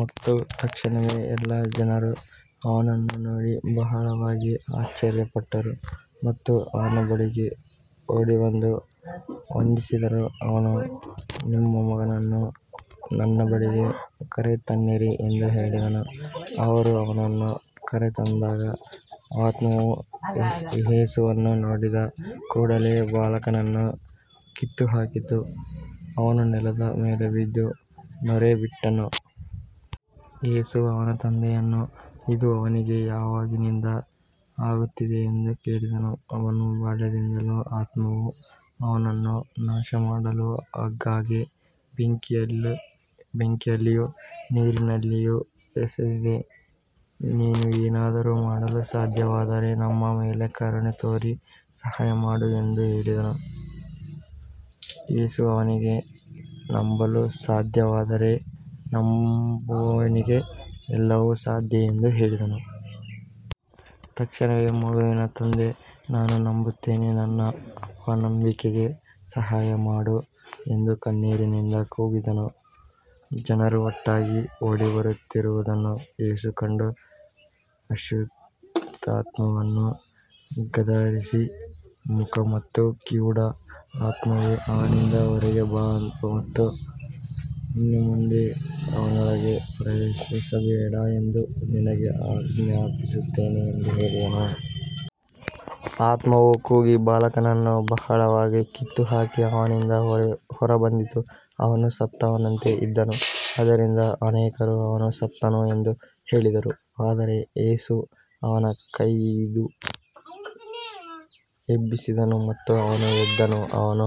ಮತ್ತು ತಕ್ಷಣವೇ ಎಲ್ಲಾ ಜನರು ಅವನನ್ನು ನೋಡಿ ಬಹಳವಾಗಿ ಆಶ್ಚರ್ಯಪಟ್ಟರು ಮತ್ತು ಅವನ ಬಳಿಗೆ ಓಡಿಬಂದು ವಂದಿಸಿದರು. ಅವನು, ನಿಮ್ಮ ಮಗನನ್ನು ನನ್ನ ಬಳಿಗೆ ಕರೆತನ್ನಿರಿ ಎಂದು ಹೇಳಿದನು. ಅವರು ಅವನನ್ನು ಕರೆತಂದಾಗ ಆತ್ಮವು ಯೇಸುವನ್ನು ನೋಡಿದ ಕೂಡಲೆ ಬಾಲಕನನ್ನು ಕಿತ್ತುಹಾಕಿತು. ಅವನು ನೆಲದ ಮೇಲೆ ಬಿದ್ದು ನೊರೆಬಿಟ್ಟನು. ಯೇಸು ಅವನ ತಂದೆಯನ್ನು, ಇದು ಅವನಿಗೆ ಯಾವಾಗಿನಿಂದ ಆಗುತ್ತಿದೆ ಎಂದು ಕೇಳಿದನು. ಅವನು, ಬಾಲ್ಯದಿಂದಲೂ, ಆತ್ಮವು ಅವನನ್ನು ನಾಶಮಾಡಲು ಆಗಾಗ್ಗೆ ಬೆಂಕಿಯಲ್ಲಿಯೂ ನೀರಿನಲ್ಲಿಯೂ ಎಸೆದಿದೆ. ನೀನು ಏನಾದರೂ ಮಾಡಲು ಸಾಧ್ಯವಾದರೆ ನಮ್ಮ ಮೇಲೆ ಕರುಣೆ ತೋರಿ ಸಹಾಯಮಾಡು ಎಂದು ಹೇಳಿದನು. ಯೇಸು ಅವನಿಗೆ, ನಂಬಲು ಸಾಧ್ಯವಾದರೆ, ನಂಬುವವನಿಗೆ ಎಲ್ಲವೂ ಸಾಧ್ಯ ಎಂದು ಹೇಳಿದನು. ತಕ್ಷಣವೇ ಮಗುವಿನ ತಂದೆ, ನಾನು ನಂಬುತ್ತೇನೆ, ನನ್ನ ಅಪನಂಬಿಕೆಗೆ ಸಹಾಯಮಾಡು ಎಂದು ಕಣ್ಣೀರಿನಿಂದ ಕೂಗಿದನು. ಜನರು ಒಟ್ಟಾಗಿ ಓಡಿಬರುತ್ತಿರುವುದನ್ನು ಯೇಸು ಕಂಡು ಅಶುದ್ಧಾತ್ಮವನ್ನು ಗದರಿಸಿ, ಮೂಕ ಮತ್ತು ಕಿವುಡ ಆತ್ಮವೇ, ಅವನಿಂದ ಹೊರಗೆ ಬಾ ಮತ್ತು ಇನ್ನು ಮುಂದೆ ಅವನೊಳಗೆ ಪ್ರವೇಶಿಸಬೇಡ ಎಂದು ನಿನಗೆ ಆಜ್ಞಾಪಿಸುತ್ತೇನೆ ಎಂದು ಹೇಳಿದನು. ಆತ್ಮವು ಕೂಗಿ ಬಾಲಕನನ್ನು ಬಹಳವಾಗಿ ಕಿತ್ತುಹಾಕಿ ಅವನಿಂದ ಹೊರಬಂದಿತು. ಅವನು ಸತ್ತವನಂತೆ ಇದ್ದನು. ಆದ್ದರಿಂದ ಅನೇಕರು ಅವನು ಸತ್ತನು ಎಂದು ಹೇಳಿದರು. ಆದರೆ ಯೇಸು ಅವನ ಕೈಹಿಡಿದು ಎಬ್ಬಿಸಿದನು ಮತ್ತು ಅವನು ಎದ್ದನು. ಅವನು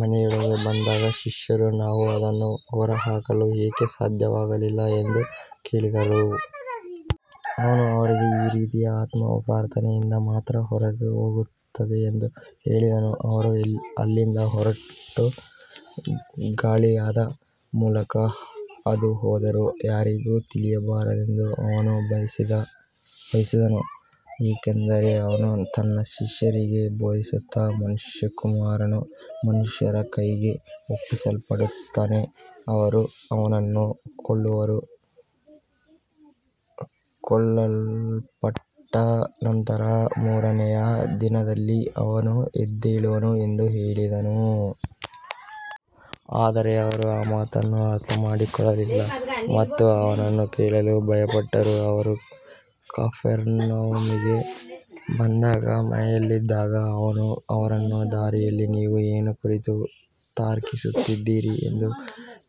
ಮನೆಯೊಳಗೆ ಬಂದಾಗ ಶಿಷ್ಯರು, ನಾವು ಅದನ್ನು ಹೊರಹಾಕಲು ಏಕೆ ಸಾಧ್ಯವಾಗಲಿಲ್ಲ ಎಂದು ಕೇಳಿದರು. ಅವನು ಅವರಿಗೆ, ಈ ರೀತಿಯ ಆತ್ಮವು ಪ್ರಾರ್ಥನೆಯಿಂದ ಮಾತ್ರ ಹೊರಹೋಗುತ್ತದೆ ಎಂದು ಹೇಳಿದನು. ಅವರು ಅಲ್ಲಿಂದ ಹೊರಟು ಗಲಿಲಾಯದ ಮೂಲಕ ಹಾದುಹೋದರು. ಯಾರಿಗೂ ತಿಳಿಯಬಾರದೆಂದು ಅವನು ಬಯಸಿದನು, ಏಕೆಂದರೆ ಅವನು ತನ್ನ ಶಿಷ್ಯರಿಗೆ ಬೋಧಿಸುತ್ತಾ, ಮನುಷ್ಯಕುಮಾರನು ಮನುಷ್ಯರ ಕೈಗೆ ಒಪ್ಪಿಸಲ್ಪಡುತ್ತಾನೆ, ಅವರು ಅವನನ್ನು ಕೊಲ್ಲುವರು, ಕೊಲ್ಲಲ್ಪಟ್ಟ ನಂತರ ಮೂರನೆಯ ದಿನದಲ್ಲಿ ಅವನು ಎದ್ದೇಳುವನು ಎಂದು ಹೇಳಿದನು. ಆದರೆ ಅವರು ಆ ಮಾತನ್ನು ಅರ್ಥಮಾಡಿಕೊಳ್ಳಲಿಲ್ಲ ಮತ್ತು ಅವನನ್ನು ಕೇಳಲು ಭಯಪಟ್ಟರು. ಅವರು ಕಫೆರ್ನೌಮಿಗೆ ಬಂದಾಗ ಮನೆಯಲ್ಲಿದ್ದಾಗ ಅವನು ಅವರನ್ನು, ದಾರಿಯಲ್ಲಿ ನೀವು ಏನು ಕುರಿತು ತರ್ಕಿಸುತ್ತಿದ್ದಿರಿ ಎಂದು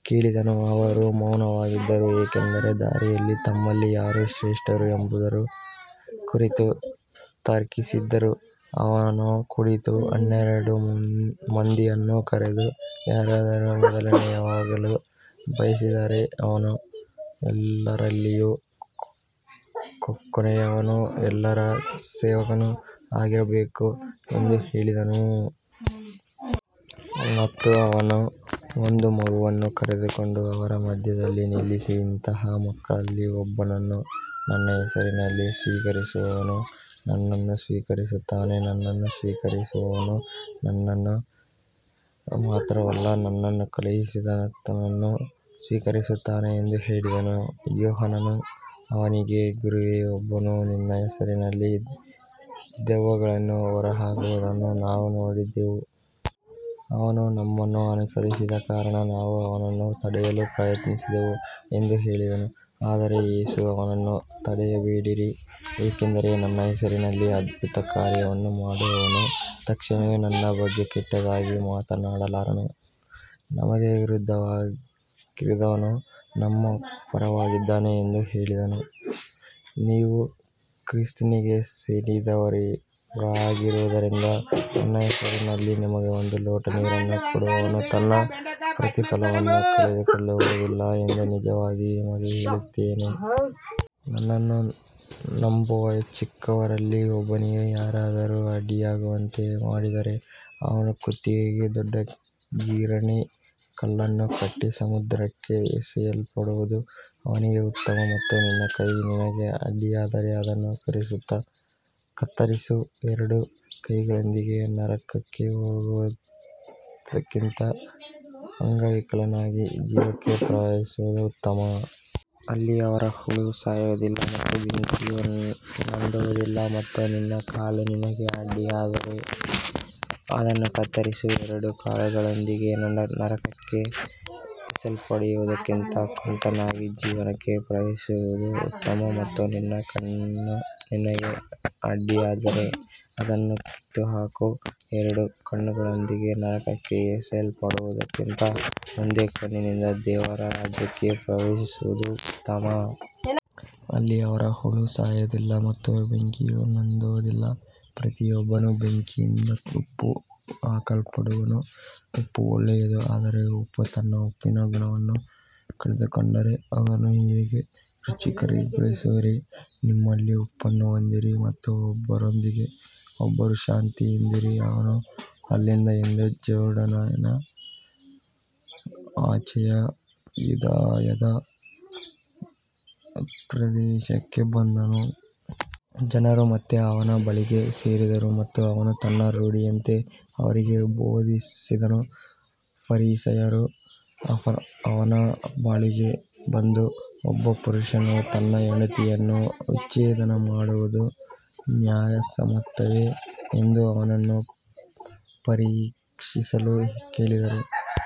ಕೇಳಿದನು. ಅವರು ಮೌನವಾಗಿದ್ದರು, ಏಕೆಂದರೆ ದಾರಿಯಲ್ಲಿ ತಮ್ಮಲ್ಲಿ ಯಾರು ಶ್ರೇಷ್ಠರು ಎಂಬುದರ ಕುರಿತು ತರ್ಕಿಸಿದ್ದರು. ಅವನು ಕುಳಿತು ಹನ್ನೆರಡು ಮಂದಿಯನ್ನು ಕರೆದು, ಯಾರಾದರೂ ಮೊದಲನೆಯವನಾಗಲು ಬಯಸಿದರೆ ಅವನು ಎಲ್ಲರಲ್ಲಿಯೂ ಕೊನೆಯವನೂ ಎಲ್ಲರ ಸೇವಕನೂ ಆಗಿರಬೇಕು ಎಂದು ಹೇಳಿದನು. ಮತ್ತು ಅವನು ಒಂದು ಮಗುವನ್ನು ಕರೆದುಕೊಂಡು ಅವರ ಮಧ್ಯದಲ್ಲಿ ನಿಲ್ಲಿಸಿ, ಇಂತಹ ಮಕ್ಕಳಲ್ಲಿ ಒಬ್ಬನನ್ನು ನನ್ನ ಹೆಸರಿನಲ್ಲಿ ಸ್ವೀಕರಿಸುವವನು ನನ್ನನ್ನು ಸ್ವೀಕರಿಸುತ್ತಾನೆ. ನನ್ನನ್ನು ಸ್ವೀಕರಿಸುವವನು ನನ್ನನ್ನು ಮಾತ್ರವಲ್ಲ, ನನ್ನನ್ನು ಕಳುಹಿಸಿದಾತನನ್ನೂ ಸ್ವೀಕರಿಸುತ್ತಾನೆ ಎಂದು ಹೇಳಿದನು. ಯೋಹಾನನು ಅವನಿಗೆ, ಗುರುವೇ, ಒಬ್ಬನು ನಿನ್ನ ಹೆಸರಿನಲ್ಲಿ ದೆವ್ವಗಳನ್ನು ಹೊರಹಾಕುವುದನ್ನು ನಾವು ನೋಡಿದೆವು. ಅವನು ನಮ್ಮನ್ನು ಅನುಸರಿಸದ ಕಾರಣ ನಾವು ಅವನನ್ನು ತಡೆಯಲು ಪ್ರಯತ್ನಿಸಿದೆವು ಎಂದು ಹೇಳಿದನು. ಆದರೆ ಯೇಸು, ಅವನನ್ನು ತಡೆಯಬೇಡಿರಿ, ಏಕೆಂದರೆ ನನ್ನ ಹೆಸರಿನಲ್ಲಿ ಅದ್ಭುತ ಕಾರ್ಯವನ್ನು ಮಾಡುವವನು ತಕ್ಷಣವೇ ನನ್ನ ಬಗ್ಗೆ ಕೆಟ್ಟದಾಗಿ ಮಾತನಾಡಲಾರನು. ನಮಗೆ ವಿರುದ್ಧವಾಗಿರದವನು ನಮ್ಮ ಪರವಾಗಿದ್ದಾನೆ ಎಂದು ಹೇಳಿದನು. ನೀವು ಕ್ರಿಸ್ತನಿಗೆ ಸೇರಿದವರಾಗಿರುವುದರಿಂದ ನನ್ನ ಹೆಸರಿನಲ್ಲಿ ನಿಮಗೆ ಒಂದು ಲೋಟ ನೀರನ್ನು ಕೊಡುವವನು ತನ್ನ ಪ್ರತಿಫಲವನ್ನು ಕಳೆದುಕೊಳ್ಳುವುದಿಲ್ಲ ಎಂದು ನಿಜವಾಗಿ ನಿಮಗೆ ಹೇಳುತ್ತೇನೆ. ನನ್ನನ್ನು ನಂಬುವ ಈ ಚಿಕ್ಕವರಲ್ಲಿ ಒಬ್ಬನಿಗೆ ಯಾರಾದರೂ ಅಡ್ಡಿಯಾಗುವಂತೆ ಮಾಡಿದರೆ, ಅವನ ಕುತ್ತಿಗೆಗೆ ದೊಡ್ಡ ಗಿರಣಿ ಕಲ್ಲನ್ನು ಕಟ್ಟಿ ಸಮುದ್ರಕ್ಕೆ ಎಸೆಯಲ್ಪಡುವುದು ಅವನಿಗೆ ಉತ್ತಮ. ಮತ್ತು ನಿನ್ನ ಕೈ ನಿನಗೆ ಅಡ್ಡಿಯಾದರೆ ಅದನ್ನು ಕತ್ತರಿಸು. ಎರಡು ಕೈಗಳೊಂದಿಗೆ ನರಕಕ್ಕೆ ಹೋಗುವುದಕ್ಕಿಂತ ಅಂಗವಿಕಲನಾಗಿ ಜೀವಕ್ಕೆ ಪ್ರವೇಶಿಸುವುದು ಉತ್ತಮ. ಅಲ್ಲಿ ಅವರ ಹುಳು ಸಾಯುವುದಿಲ್ಲ ಮತ್ತು ಬೆಂಕಿಯು ನಂದುವುದಿಲ್ಲ. ಮತ್ತು ನಿನ್ನ ಕಾಲು ನಿನಗೆ ಅಡ್ಡಿಯಾದರೆ ಅದನ್ನು ಕತ್ತರಿಸು. ಎರಡು ಕಾಲುಗಳೊಂದಿಗೆ ನರಕಕ್ಕೆ ಎಸೆಯಲ್ಪಡುವುದಕ್ಕಿಂತ ಕುಂಟನಾಗಿ ಜೀವಕ್ಕೆ ಪ್ರವೇಶಿಸುವುದು ಉತ್ತಮ. ಮತ್ತು ನಿನ್ನ ಕಣ್ಣು ನಿನಗೆ ಅಡ್ಡಿಯಾದರೆ ಅದನ್ನು ಕಿತ್ತುಹಾಕು. ಎರಡು ಕಣ್ಣುಗಳೊಂದಿಗೆ ನರಕಕ್ಕೆ ಎಸೆಯಲ್ಪಡುವುದಕ್ಕಿಂತ ಒಂದೇ ಕಣ್ಣಿನಿಂದ ದೇವರ ರಾಜ್ಯಕ್ಕೆ ಪ್ರವೇಶಿಸುವುದು ಉತ್ತಮ. ಅಲ್ಲಿ ಅವರ ಹುಳು ಸಾಯುವುದಿಲ್ಲ ಮತ್ತು ಬೆಂಕಿಯು ನಂದುವುದಿಲ್ಲ. ಪ್ರತಿಯೊಬ್ಬನೂ ಬೆಂಕಿಯಿಂದ ಉಪ್ಪು ಹಾಕಲ್ಪಡುವನು. ಉಪ್ಪು ಒಳ್ಳೆಯದು, ಆದರೆ ಉಪ್ಪು ತನ್ನ ಉಪ್ಪಿನ ಗುಣವನ್ನು ಕಳೆದುಕೊಂಡರೆ ಅದನ್ನು ಹೇಗೆ ರುಚಿಕರಗೊಳಿಸುವಿರಿ. ನಿಮ್ಮಲ್ಲಿ ಉಪ್ಪನ್ನು ಹೊಂದಿರಿ ಮತ್ತು ಒಬ್ಬರೊಂದಿಗೆ ಒಬ್ಬರು ಶಾಂತಿಯಿಂದಿರಿ. ಅವನು ಅಲ್ಲಿಂದ ಎದ್ದು ಜೋರ್ಡಾನಿನ ಆಚೆಯ ಯೂದಾಯದ ಪ್ರದೇಶಕ್ಕೆ ಬಂದನು. ಜನರು ಮತ್ತೆ ಅವನ ಬಳಿಗೆ ಸೇರಿದರು ಮತ್ತು ಅವನು ತನ್ನ ರೂಢಿಯಂತೆ ಅವರಿಗೆ ಬೋಧಿಸಿದನು. ಫರಿಸಾಯರು ಅವನ ಬಳಿಗೆ ಬಂದು, ಒಬ್ಬ ಪುರುಷನು ತನ್ನ ಹೆಂಡತಿಯನ್ನು ವಿಚ್ಛೇದನ ಮಾಡುವುದು ನ್ಯಾಯಸಮ್ಮತವೇ ಎಂದು ಅವನನ್ನು ಪರೀಕ್ಷಿಸಲು ಕೇಳಿದರು.